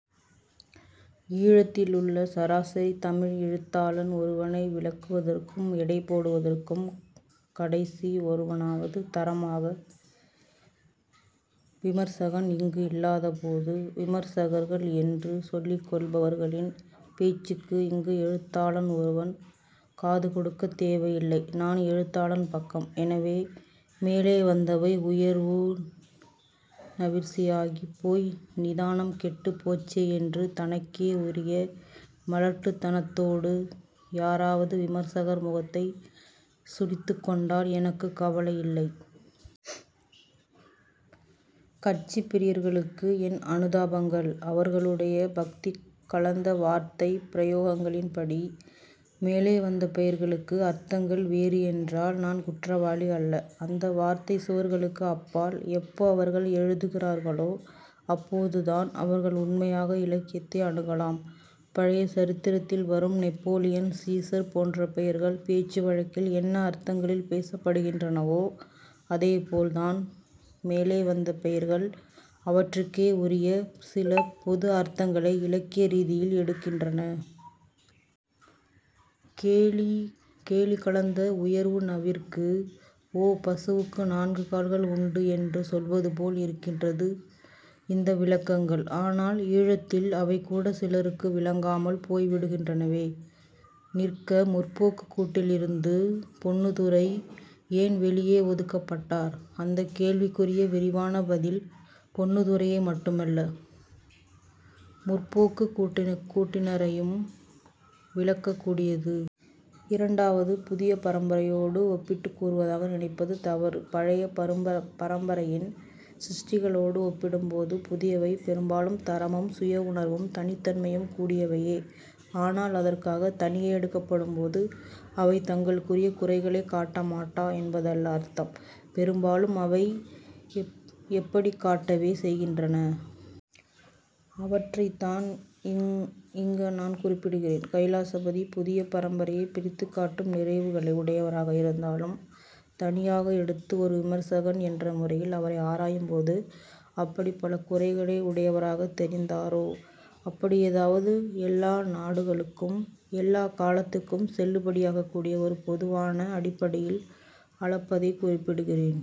ஈழத்திலுள்ள சராசரித் தமிழ் எழுத்தாளன் ஒருவனை விளக்குவதற்கும் எடைபோடுவதற்கும் கடைசி ஒருவனாவது தரமான விமர்சகன் இங்கு இல்லாதபோது விமர்சகர்கள் என்று சொல்லிக்கொள்பவர்களின் பேச்சுக்கு இங்கு எழுத்தாளன் ஒருவன் காது கொடுக்கத் தேவையில்லை. நான் எழுத்தாளன் பக்கம். எனவே, மேலே வந்தவை உயர்வு நவிற்சியாகிப் போய் நிதானம் கெட்டுப் போச்சே என்று தனக்கே உரிய மலட்டுத்தனத்தோடு யாராவது விமர்சகர் முகத்தைச் சுளித்துக்கொண்டால் எனக்குக் கவலை இல்லை. கட்சிப் பிரியர்களுக்கு என் அனுதாபங்கள். அவர்களுடைய பக்தி கலந்த வார்த்தைப் பிரயோகங்களின்படி மேலே வந்த பெயர்களுக்கு அர்த்தங்கள் வேறு என்றால் நான் குற்றவாளி அல்ல. அந்த வார்த்தைச் சுவர்களுக்கு அப்பால் எப்போ அவர்கள் எழுதுகிறார்களோ அப்போதான் அவர்கள் உண்மையாக இலக்கியத்தை அணுகலாம். பழைய சரித்திரத்தில் வரும் நெப்போலியன், சீசர் போன்ற பெயர்கள் பேச்சுவழக்கில் என்ன அர்த்தங்களில் பேசப்படுகின்றனவோ அதேபோல் தான் மேலே வந்த பெயர்கள் அவற்றுக்கே உரிய சில பொது அர்த்தங்களை இலக்கிய ரீதியில் எடுக்கின்றன. கேலி கலந்த உயர்வு நவிற்சி. ஓ, பசுவுக்கு நான்கு கால்கள் உண்டு என்று சொல்வதுபோல் இருக்கின்றன இந்த விளக்கங்கள்.. ஆனால் ஈழத்தில் அவைகூட சிலருக்கு விளங்காமல் போய்விடுகின்றனவே. நிற்க, 'முற்போக்கு'க் கூட்டிலிருந்து பொன்னுத்துரை ஏன் வெளியே ஒதுக்கப்பட்டார்? அந்தக் கேள்விக்குரிய விரிவான பதில் பொன்னுத்துரையை மட்டுமல்ல 'முற்போக்கு'க் கூட்டினரையும் விளக்கக் கூடியது. இரண்டாவது, புதிய பரம்பரையோடு ஒப்பிட்டுக் கூறுவதாக நினைப்பது தவறு. பழைய பரம்பரையின் சிருஷ்டிகளோடு ஒப்பிடும்போது புதியவை பெரும்பாலும் தரமும் சுயஉணர்வும் தனித்தன்மையும் கூடியவையே. ஆனால் அதற்காக, தனியே எடுக்கப்படும்போது அவை தங்களுக்குரிய குறைகளைக் காட்ட மாட்டா என்பதல்ல அர்த்தம். பெரும்பாலும் அவை எப்படிக் காட்டவே செய்கின்றன. அவற்றைத்தான் இங்க நான் குறிப்பிடுகிறேன். கைலாசபதி புதிய பரம்பரையைப் பிரித்துக் காட்டும் நிறைவுகளை உடையவராக இருந்தாலும் தனியாக எடுத்து ஒர் விமர்சகன் என்ற முறையில் அவரை ஆராயும் போது அப்படிப் பல குறைகளை உடையவராகத் தெரிந்தாரோ அப்படி. அதாவது எல்லா நாடுகளுக்கும் எல்லாக் காலத்துக்கும் செல்லுபடியாகக் கூடிய ஒரு பொதுவான அடிப்படையில் அளப்பதைக் குறிப்பிடுகிறேன்.